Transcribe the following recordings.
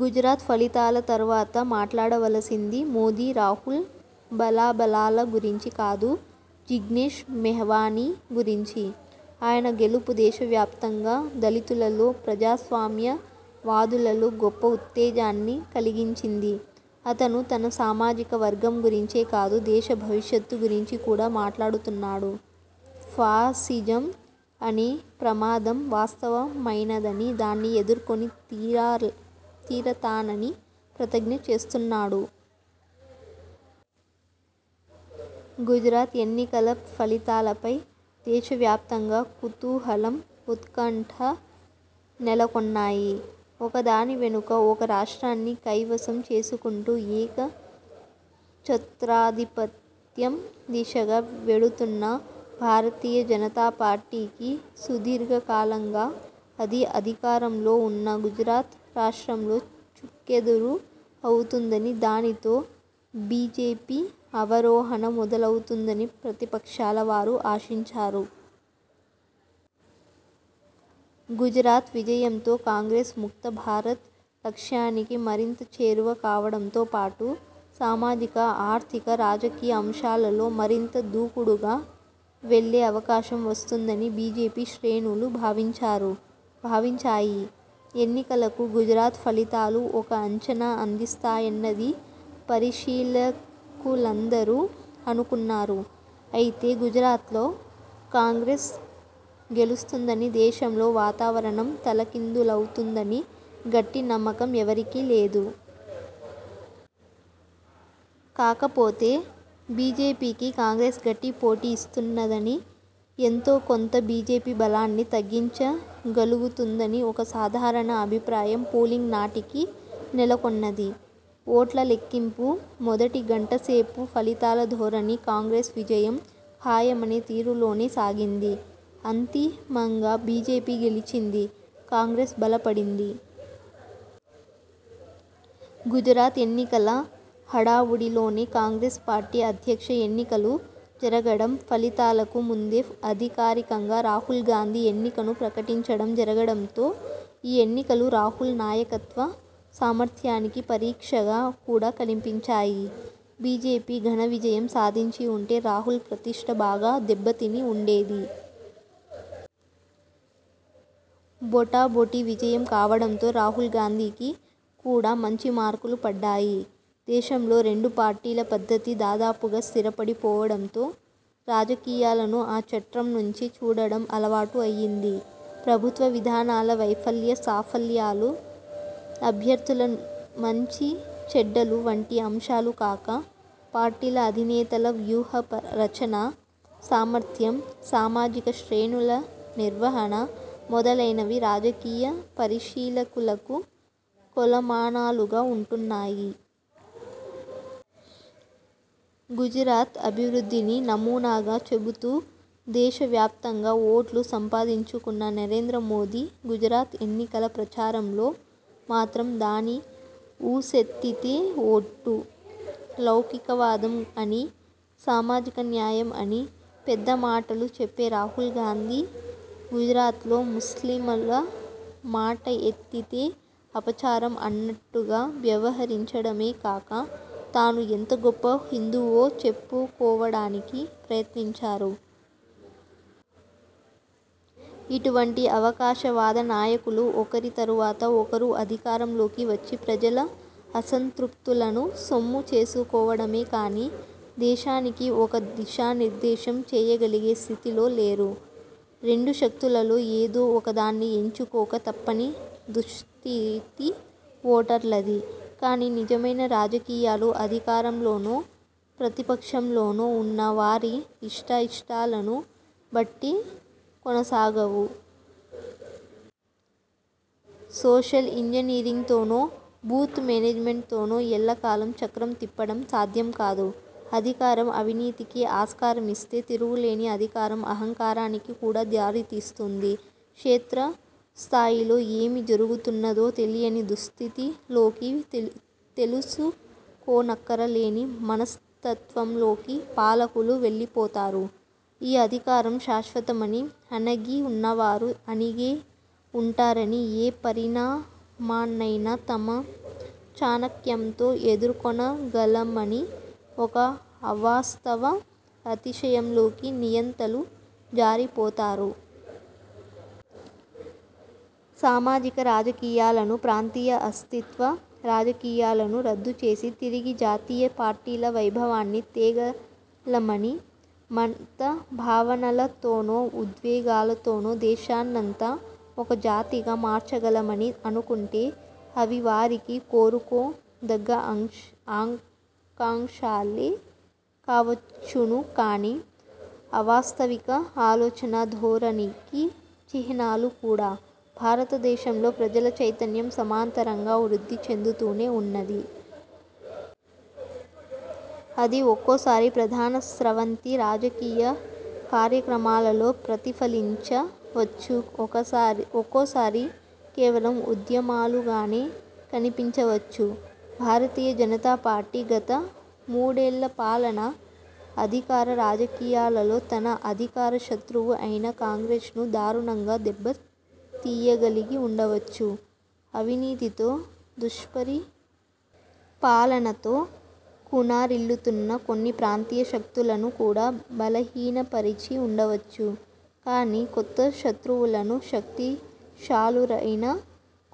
గుజరాత్ ఫలితాల తరువాత మాట్లాడవలసింది మోదీరాహుల్ బలాబలాల గురించి కాదు, జిగ్నేష్ మెవానీ గురించి. ఆయన గెలుపు దేశవ్యాప్తంగా దళితులలో, ప్రజాస్వామ్య వాదులలో గొప్ప ఉత్తేజాన్ని కలిగించింది. అతను తన సామాజిక వర్గం గురించే కాదు, దేశ భవిష్యత్తు గురించి కూడా మాట్లాడుతున్నాడు. ఫాసిజం అనే ప్రమాదం వాస్తవమైనదని, దాన్ని ఎదుర్కొని తీరతానని ప్రతిజ్ఞ చేస్తున్నాడు. గుజరాత్ ఎన్నికల ఫలితాలపై దేశవ్యాప్తంగా కుతూహలం, ఉత్కంఠ నెలకొన్నాయి. ఒకదాని వెనుక ఒక రాష్ట్రాన్ని కైవసం చేసుకుంటూ ఏక ఛత్రాధిపత్యం దిశగా వెడుతున్న భారతీయ జనతాపార్టీకి, సుదీర్ఘకాలంగా అది అధికారంలో ఉన్న గుజరాత్ రాష్ట్రంలో చుక్కెదురు అవుతుందని, దానితో బిజెపి అవరోహణ మొదలవుతుందని ప్రతిపక్షాల వారు ఆశించారు. గుజరాత్ విజయంతో కాంగ్రెస్ ముక్త భారత్ లక్ష్యానికి మరింత చేరువ కావడంతో పాటు, సామాజిక, ఆర్థిక, రాజకీయ అంశాలలో మరింత దూకుడుగా వెళ్లే అవకాశం వస్తుందని బిజెపి శ్రేణులు భావించారు భావించాయి. ఎన్నికలకు గుజరాత్ ఫలితాలు ఒక అంచనా అందిస్తాయన్నది పరిశీలకులందరూ అనుకున్నారు. అయితే, గుజరాత్లో కాంగ్రెస్ గెలుస్తుందని, దేశంలో వాతావరణం తలకిందులవుతుందని గట్టి నమ్మకం ఎవరికీ లేదు. కాకపోతే, బిజెపికి కాంగ్రెస్ గట్టి పోటీ ఇస్తున్నదని, ఎంతో కొంత బిజెపి బలాన్ని తగ్గించ గలుగుతుందని ఒక సాధారణ అభిప్రాయం పోలింగ్ నాటికి నెలకొన్నది. ఓట్ల లెక్కింపు మొదటి గంటసేపు ఫలితాల ధోరణి, కాంగ్రెస్ విజయం ఖాయమనే తీరులోనే సాగింది. అంతిమంగా బిజెపి గెలిచింది. కాంగ్రెస్ బలపడింది. గుజరాత్ ఎన్నికల హడావుడిలోనే కాంగ్రెస్ పార్టీ అధ్యక్ష ఎన్నికలు జరగడం, ఫలితాలకు ముందే అధికారికంగా రాహుల్ గాంధీ ఎన్నికను ప్రకటించడం జరగడంతో, ఈ ఎన్నికలు రాహుల్ నాయకత్వ సామర్థ్యానికి పరీక్షగా కూడా కనిపించాయి. బిజెపి ఘనవిజయం సాధించి ఉంటే, రాహుల్ ప్రతిష్ఠ బాగా దెబ్బతిని ఉండేది. బొటాబొటి విజయం కావడంతో రాహుల్గాంధీకి కూడా మంచి మార్కులు పడ్డాయి. దేశంలో రెండుపార్టీల పద్ధతి దాదాపుగా స్థిరపడి పోవడంతో, రాజకీయాలను ఆ చట్రం నుంచే చూడడం అలవాటు అయ్యింది. ప్రభుత్వ విధానాల వైఫల్య సాఫల్యాలు, అభ్యర్థుల మంచి చెడ్డలు వంటి అంశాలు కాక, పార్టీల అధినేతల వ్యూహరచనా సామర్థ్యం, సామాజిక శ్రేణుల నిర్వహణ మొదలైనవి రాజకీయ పరిశీలకులకు కొలమానాలుగా ఉంటున్నాయి. గుజరాత్ అభివృద్ధిని నమూనాగా చెబుతూ దేశ వ్యాప్తంగా ఓట్లు సంపాదించుకున్న నరేంద్ర మోదీ గుజరాత్ ఎన్నికల ప్రచారంలో మాత్రం దాని ఊసెత్తితే ఒట్టు. లౌకికవాదం అనీ, సామాజిక న్యాయం అని పెద్ద మాటలు చెప్పే రాహుల్ గాంధీ గుజరాత్లో ముస్లిముల మాట ఎత్తితే అపచారం అన్నట్టుగా వ్యవహరించడమే కాక, తాను ఎంత గొప్ప హిందువో చెప్పుకోవడానికి ప్రయత్నించారు. ఇటువంటి అవకాశ వాద నాయకులు ఒకరి తరువాత ఒకరు అధికారం లోకి వచ్చి ప్రజల అసంతృప్తులను సొమ్ము చేసుకోవడమే కానీ, దేశానికి ఒక దిశానిర్దేశం చేయగలిగే స్థితిలో లేరు. రెండు శక్తులలో ఏదో ఒకదాన్ని ఎంచుకోక తప్పని దుస్థితి ఓటర్లది. కానీ, నిజమైన రాజకీయాలు, అధికారంలోనో ప్రతిపక్షంలోనో ఉన్న వారి ఇష్టాయిష్టాలను బట్టి కొనసాగవు. సోషల్ ఇంజనీరింగ్తోనో, బూత్ మేనేజ్మెంట్తోనో ఎల్ల కాలం చక్రం తిప్పడం సాధ్యం కాదు. అధికారం అవినీతికి ఆస్కారమిస్తే, తిరుగులేని అధికారం అహంకారానికి కూడా దారితీస్తుంది. క్షేత్రస్థాయిలో ఏమి జరుగుతున్నదో తెలియని దుస్థితిలోకి, తెలుసుకోనక్కర లేని మనస్తత్వంలోకి పాలకులు వెళ్లిపోతారు. ఈ అధికారం శాశ్వతమని, అణగి ఉన్నవారు అణిగే ఉంటారని, ఏ పరిణామాన్నైనా తమ చాణక్యంతో ఎదుర్కొనగలమని ఒక అవాస్తవ అతిశయంలోకి నియంతలు జారిపోతారు. సామాజిక రాజకీయాలను, ప్రాంతీయ అస్తిత్వ రాజకీయాలను రద్దుచేసి, తిరిగి జాతీయ పార్టీల వైభవాన్ని తేగలమని, మత భావనలతోనో ఉద్వేగాలతోనో దేశాన్నంతా ఒక జాతిగా మార్చగలమని అనుకుంటే, అవి వారికి కోరుకో దగ్గ ఆకాంక్షలే కావచ్చును కానీ, అవాస్తవిక ఆలోచనా ధోరణికి చిహ్నాలు కూడా. భారతదేశంలో ప్రజల చైతన్యం సమాంతరంగా వృద్ధి చెందుతూనే ఉన్నది. అది ఒక్కోసారి ప్రధాన స్రవంతి రాజకీయ కార్యక్రమాలలో ప్రతిఫలించ వచ్చు, ఒక్కోసారి కేవలం ఉద్యమాలుగానే కనిపించవచ్చు. భారతీయ జనతా పార్టీ గత మూడేళ్ల పాలన, అధికార రాజకీయాలలో తన అధికార శతువ్రు అయిన కాంగ్రెస్ను దారుణంగా దెబ్బ తీయగలిగి ఉండవచ్చు, అవినీతితో దుష్పరిపాలనతో కునారిల్లుతున్న కొన్ని ప్రాంతీయ శక్తులను కూడా బలహీనపరిచి ఉండవచ్చు. కానీ, కొత్త శత్రువులను, శక్తిశాలురైన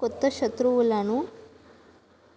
కొత్త శత్రువులను